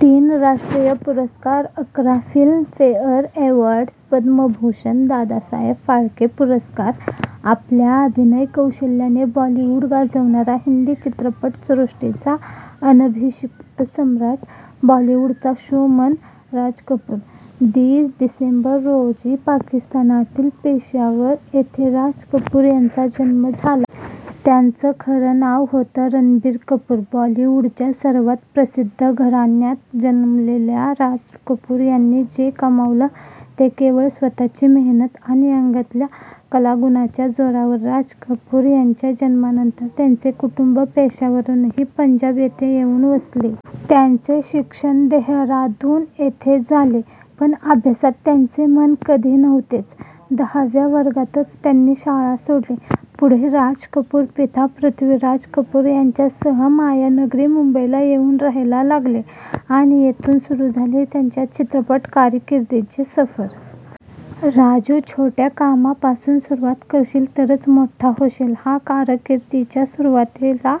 तीन राष्ट्रीय पुरस्कार, अकरा Filmfare awards, Padma Bhushan, Dadasaheb Phalke पुरस्कार. आपल्या अभिनय कौशल्याने बॉलिवूड गाजवणारा हिंदी चित्रपटसृष्टीचा अनभिषिक्त सम्राट बॉलीवूडचा ' शो मन ' राज कपूर! दि. डिसेंबर रोजी पाकिस्तानातील पेशावर येथे राज कपूर यांचा जन्म झाला. त्यांचं खरं नाव होतं रणबीर कपूर. बॉलिवुडच्या सर्वात प्रसिद्ध घराण्यात जन्मलेल्या राज कपूर यांनी जे कमावलं ते केवळ स्वतःची मेहनत आणि अंगातल्या कलागुणाच्या जोरावर. राज कपूर यांच्या जन्मानंतर त्यांचे कुटुंब पेशावरहून पंजाब येथे येऊन वसले. त्यांचे शिक्षण देहरादून येथे झाले. पण अभ्यासात त्यांचे मन कधी नव्हतेच. दहाव्या वर्गातच त्यांनी शाळा सोडली. पुढे राज कपूर, पिता पृथ्वीराज कपूर यांच्यासह मायानगरी मुंबईला येऊन रहायला लागले आणि येथून सुरू झाली त्यांच्या चित्रपट कारकीर्दीची सफर. " राजू छोट्या कामापासून सुरुवात करशील, तरच मोठा होशील! " हा कारकीर्दीच्या सुरुवातीला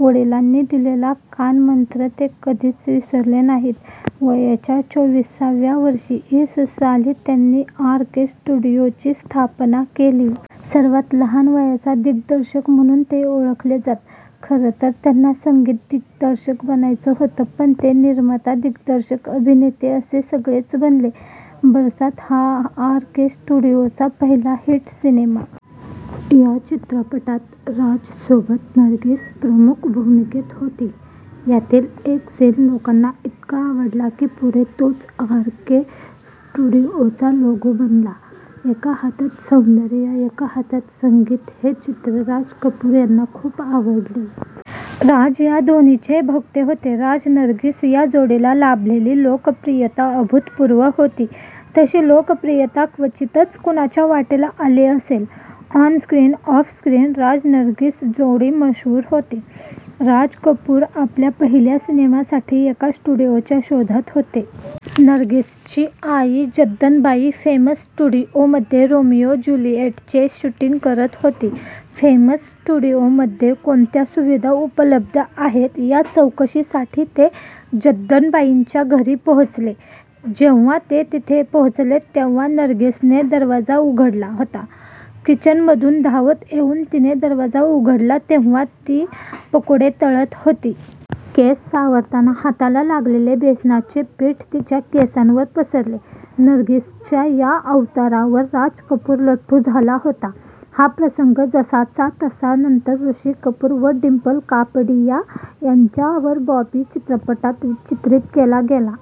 वडिलांनी दिलेला कानमंत्र ते कधीच विसरले नाहीत. वयाच्या चोवीसाव्या वर्षी इ. स. साली त्यांनी ' आर के स्टुडिओ ' ची स्थापना केली. सर्वात लहान वयाचा दिग्दर्शक म्हणून ते ओळखले जात. खरं तर त्यांना संगीत दिग्दर्शक बनायचं होतं. पण ते निर्माता, दिग्दर्शक, अभिनेते असे सगळेच बनले. ' बरसात ' हा आर के स्टुडिओचा पहिला हिट सिनेमा. या चित्रपटात राज सोबत नर्गीस प्रमुख भूमिकेत होती. यातील एक सीन लोकांना इतका आवडला की, पुढे तोच आर के स्टुडिओचा लोगो बनला. एका हातात सौंदर्य, एका हातात संगीत हे चित्र राज कपूर यांना खूप आवडले. राज या दोन्हीचे भोक्ते होते. राज नर्गिस या जोडीला लाभलेली लोकप्रियता अभूतपूर्व होती. तशी लोकप्रियता क्वचितच कुणाच्या वाट्याला आली असेल. On screen, off screen Raj Nargis जोडी मशहूर होती. राज कपूर आपल्या पहिल्या सिनेमासाठी एका स्टुडिओच्या शोधात होते. नर्गिसची आई जद्दनबाई फेमस स्टुडिओमध्ये रोमिओ ज्युलिएटचे शूटिंग करत होती. फेमस स्टुडिओमध्ये कोणत्या सुविधा उपलब्ध आहेत या चौकशीसाठी ते जद्दनबाईंच्या घरी पोहोचले. जेंव्हा ते तिथे पोहोचले, तेंव्हा नर्गिसने दरवाजा उघडला होता. किचनमधून धावत येऊन तिने दरवाजा उघडला तेंव्हा ती पकोडे तळत होती. केस सावरताना हाताला लागलेले बेसनाचे पीठ तिच्या केसांवर पसरले. नर्गिसच्या या अवतारावर राज कपूर लट्टू झाला होता. हा प्रसंग जसाचा तसा नंतर ऋषी कपूर व डिंपल कापडिया यांच्यावर बॉबी चित्रपटात चित्रित केला गेला.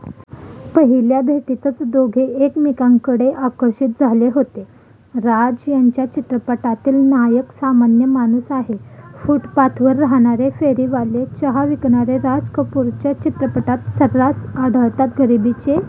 पहिल्या भेटीतच दोघे एकमेकांकडे आकर्षित झाले होते. राज यांच्या चित्रपटातील नायक सामान्य माणूस आहे. फूटपाथवर राहणारे, फेरीवाले, चहा विकणारे राज कपूरच्या चित्रपटात सर्रास आढळतात. गरीबीचे